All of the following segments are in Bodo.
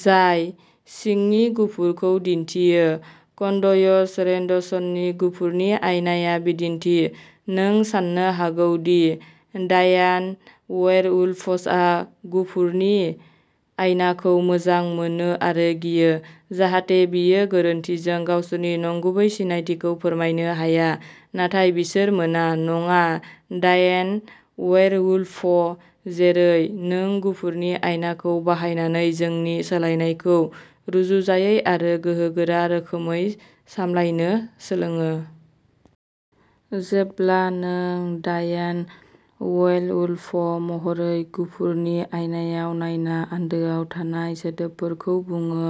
जाय सिंनि गुफुरखौ दिन्थियो। कन्टोइस रेनोल्ड्सनि गुफुरनि आयनाया बिदिन्थि। नों सानो हागौ दि डायान वेयरवुल्फआ गफुरनि आयनाखौ मोजां मोनो आरो गियो, जाहाथे बिसोर गोरोन्थिजों गावसोरनि नंगुबै सिनायथिखौ फोरमायनो हाया, नाथाय बिसोर मोना। नङा, डायान वेयरवुल्फ जेरै नों गफुरनि आयनाखौ बाहायनानै जोंनि सोलायनायखौ रुजुजायै आरो गोहोगोरा रोखोमै सामलायनो सोलोङो। जेब्ला नों, डायान वेयरवुल्फ महरै, गफुरनि आयनाआव नायना आन्दोआव थानाय सोदोबफोरखौ बुङो,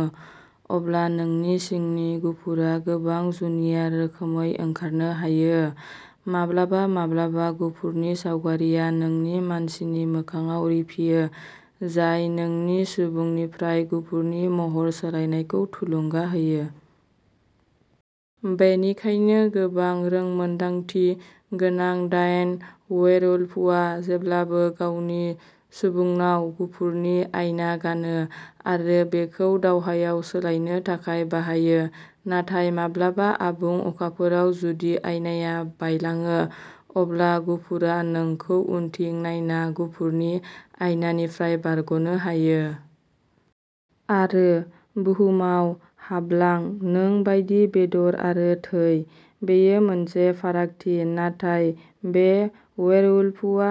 अब्ला नोंनि सिंनि गफुरआ गोबां जुनिया रोखोमै ओंखारनो हायो। माब्लाबा-माब्लाबा गफुरनि सावगारिआ नोंनि मानसिनि मोखांआव रिफियो, जाय नोंनि सुबुंनिफ्राय गफुरनि महर सोलायनायखौ थुलुंगा होयो। बेनिखायनो गोबां रोंमोनदांथि गोनां डायान वेयरवुल्फआ जेब्लाबो गावनि सुबुंनाव गफुरनि आयना गानो, आरो बेखौ दावहायाव सोलायनो थाखाय बाहायो। नाथाय माब्लाबा आबुं अखाफोरआव जुदि आयनाआ बायलाङो, अब्ला गफुरआ नोंखौ उनथिं नायना गफुरनि आयनानिफ्राय बारग'नो हायो। आरो बुहुमाव हाबलां, नों बायदि बेदर आरो थै। बेयो मोनसे फारागथि नाथाय बे वेयरवुल्फआ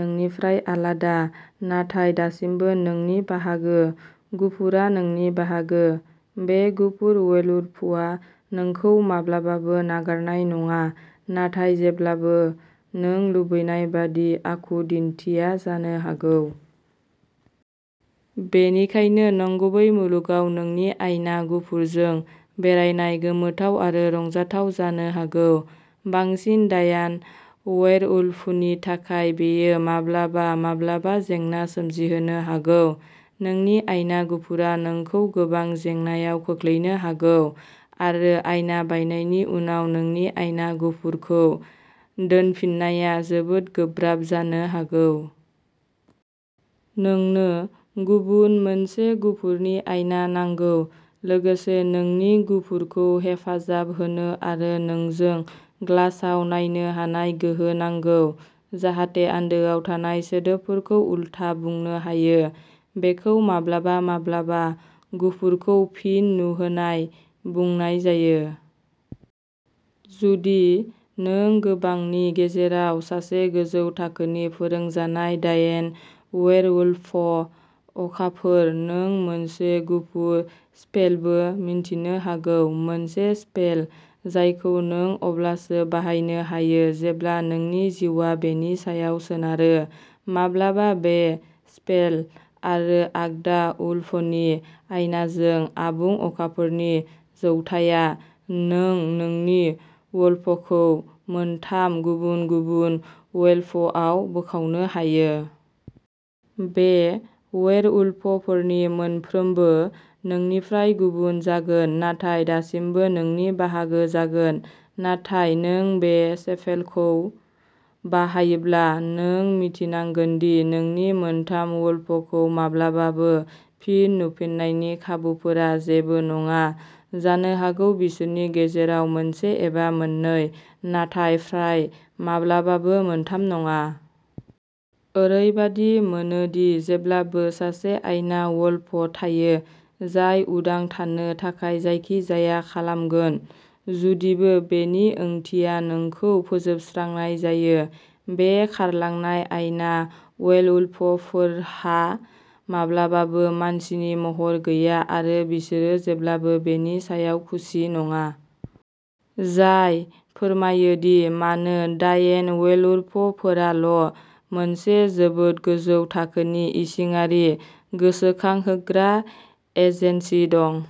नोंनिफ्राय आलादा, नाथाय दासिमबो नोंनि बाहागो। गफुरआ नोंनि बाहागो। बे गुबुन वेयरवुल्फआ नोंखौ माब्लाबाबो नागारनाय नङा, नाथाय जेब्लाबो नों लुबैनाय बायदि आखु दिन्थिया जानो हागौ। बेनिखायनो नंगुबै मुलुगाव नोंनि आयना गफुरजों बेरायनाया गोमोथाव आरो रंजाथाव जानो हागौ, बांसिन डायान वेयरवुल्फनि थाखाय बेयो माब्लाबा माब्लाबा जेंना सोमजिहोनो हागौ। नोंनि आयना गफुरआ नोंखौ गोबां जेंनाआव खोख्लैनो हागौ आरो आयना बायनायनि उनाव नोंनि आयना गफुरखौ दोनफिननाया जोबोद गोब्राब जानो हागौ। नोंनो गुबुन मोनसे गफुरनि आयना नांगौ, लोगोसे नोंनि गफुरखौ हेफाजाब होनो आरो नोंजों ग्लासआव नायनो हानाय गोहो नांगौ, जाहाथे आन्दोआव थानाय सोदोबफोरखौ उलथा बुंनो हायो। बेखौ माब्लाबा माब्लाबा गफुरखौ फिन नुहोनाय बुंनाय जायो। जुदि नों गोबांनि गेजेराव सासे गोजौ थाखोनि फोरोंजानाय डायान वेयरवुल्फ। अखाफोर, नों मोनसे गुबुन स्पेलबो मिन्थिनो हागौ। मोनसे स्पेल जायखौ नों अब्लासो बाहायनो हायो जेब्ला नोंनि जिउआ बेनि सायाव सोनारो। मानोना बे स्पेल आरो आगदा वुल्फनि आयनाजों आबुं अखाफोरनि जौथायाव, नों नोंनि वुल्फखौ मोनथाम गुबुन-गुबुन वेयरवुल्फआव बोखावनो हायो। बे वेयरवुल्फफोरनि मोनफ्रोमबो नोंनिफ्राय गुबुन जागोन नाथाय दासिमबो नोंनि बाहागो जागोन। नाथाय नों बे स्पेलखौ बाहायोब्ला, नों मिन्थिनांगोन दि नोंनि मोनथाम वुल्फखौ माब्लाबाबो फिन नुफिन्नायनि खाबुफोरा जेबो नङा। जानो हागौ बिसोरनि गेजेराव मोनसे एबा मोननै, नाथाय फ्राय माब्लाबाबो मोनथाम नङा। ओरैबादि मोनो दि जेब्लाबो सासे आयना वुल्फ थायो जाय उदां थानो थाखाय जायखिजाया खालामगोन, जुदिबो बेनि ओंथिया नोंखौ फोजोबस्रांनाय जायो। बे खारलांनाय आयना वेयरवुल्फफोरहा माब्लाबाबो मानसिनि महर गैया आरो बिसोरो जेब्लाबो बेनि सायाव खुसि नङा। जाय फोरमायो दि मानो डायान वेयरवुल्फफोराल' मोनसे जोबोद गोजौ थाखोनि, इसिङारि गोसोखांहोग्रा एजेन्सि दं।